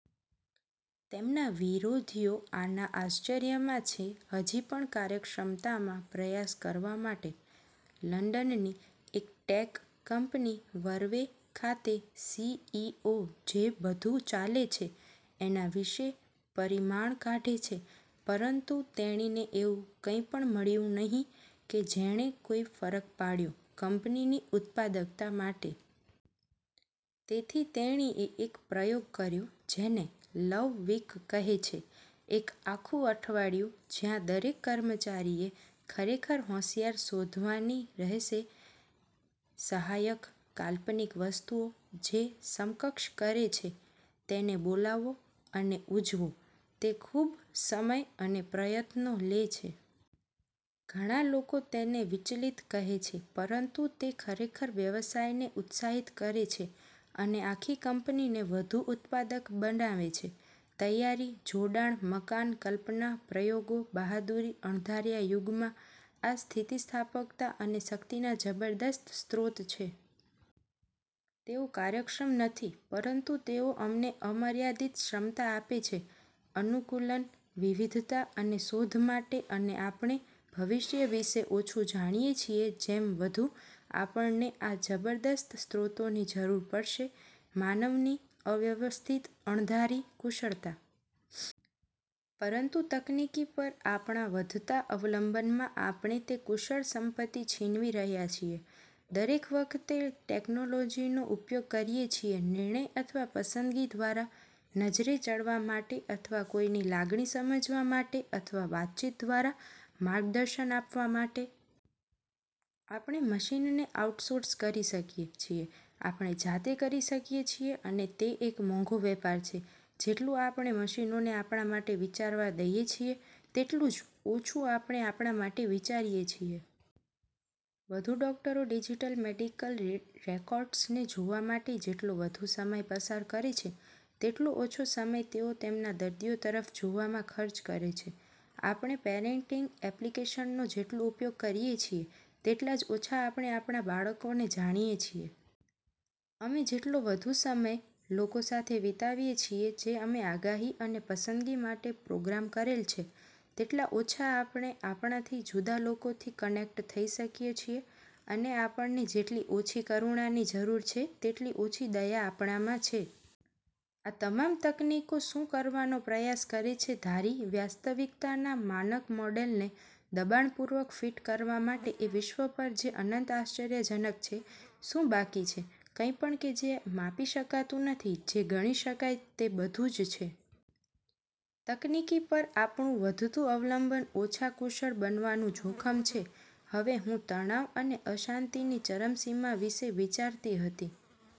તેમના વિરોધીઓ આના આશ્ચર્યમાં છે હજી પણ કાર્યક્ષમતામાં પ્રયાસ કરવા માટે. લંડનની એક ટેક કંપની વર્વે ખાતે સી.ઇ.ઓ જે બધું ચાલે છે એના વિશે પરિમાણ કાઢે છે પરંતુ તેણીને એવું કંઈપણ મળ્યું નહીં કે જેણે કોઈ ફરક પાડ્યો કંપનીની ઉત્પાદકતા માટે. તેથી તેણીએ એક પ્રયોગ કર્યો જેને "લવ વીક" કહે છે. એક આખું અઠવાડિયું જ્યાં દરેક કર્મચારીએ ખરેખર હોંશિયાર શોધવાની રહેશે, સહાયક, કાલ્પનિક વસ્તુઓ જે સમકક્ષ કરે છે. તેને બોલાવો અને ઉજવો. તે ખૂબ સમય અને પ્રયત્નો લે છે. ઘણા લોકો તેને વિચલિત કહે છે પરંતુ તે ખરેખર વ્યવસાયને ઉત્સાહિત કરે છે અને આખી કંપનીને વધુ ઉત્પાદક બનાવે છે. તૈયારી, જોડાણ-મકાન, કલ્પના, પ્રયોગો, બહાદુરી, અણધાર્યા યુગમાં, આ સ્થિતિસ્થાપકતા અને શક્તિના જબરદસ્ત સ્રોત છે. તેઓ કાર્યક્ષમ નથી પરંતુ તેઓ અમને અમર્યાદિત ક્ષમતા આપે છે અનુકૂલન, વિવિધતા અને શોધ માટે અને આપણે ભવિષ્ય વિશે ઓછું જાણીએ છીએ જેમ વધુ આપણને આ જબરદસ્ત સ્ત્રોતોની જરૂર પડશે માનવની, અવ્યવસ્થિત, અણધારી કુશળતા. પરંતુ તકનીકી પર આપણાં વધતા અવલંબનમાં આપણે તે કુશળ સંપત્તિ છીનવી રહ્યા છીએ. દરેક વખતે ટેકનોલોજીનો ઉપયોગ કરીએ છીએ નિર્ણય અથવા પસંદગી દ્વારા નજરે ચડવા માટે અથવા કોઈની લાગણી સમજવા માટે અથવા વાતચીત દ્વારા માર્ગદર્શન આપવા માટે. આપણે મશીનને આઉટસોર્સ કરી શકીએ છીએ, આપણે જાતે કરી શકીએ છીએ અને તે એક મોંઘો વેપાર છે. જેટલું આપણે મશીનોને આપણા માટે વિચારવા દઈએ છીએ, તેટલું જ ઓછું આપણે આપણા માટે વિચારીએ છીએ. વધુ ડોકટરો ડિજિટલ મેડિકલ રેકોર્ડ્સને જોવા માટે જેટલો વધુ સમય પસાર કરે છે, તેટલો ઓછો સમય તેઓ તેમના દર્દીઓ તરફ જોવામાં ખર્ચ કરે છે. આપણે પેરેંટિંગ એપ્લિકેશનનો જેટલો ઉપયોગ કરીએ છીએ, તેટલા જ ઓછા આપણે આપણા બાળકોને જાણીએ છીએ. અમે જેટલો વધુ સમય લોકો સાથે વિતાવીએ છીએ જે અમે આગાહી અને પસંદગી માટે પ્રોગ્રામ કરેલ છે, તેટલા ઓછા આપણે આપણાથી જુદા લોકોથી કનેક્ટ થઈ શકીએ છીએ. અને આપણને જેટલી ઓછી કરુણાની જરૂર છે, તેટલી ઓછી દયા આપણામાં છે. આ તમામ તકનીકો શું કરવાનો પ્રયાસ કરે છે ધારી વાસ્તવિકતાના માનક મોડેલને દબાણપૂર્વક ફિટ કરવા માટે એ વિશ્વ પર જે અનંત આશ્ચર્યજનક છે. શું બાકી છે? કંઈ પણ કે જે માપી શકાતું નથી, જે ગણી શકાય તે બધું જ છે. તકનીકી પર આપણું વધતું અવલંબન ઓછા કુશળ બનવાનું જોખમ છે. હવે, હું તણાવ અને અશાંતિની ચરમસીમા વિશે વિચારતી હતી.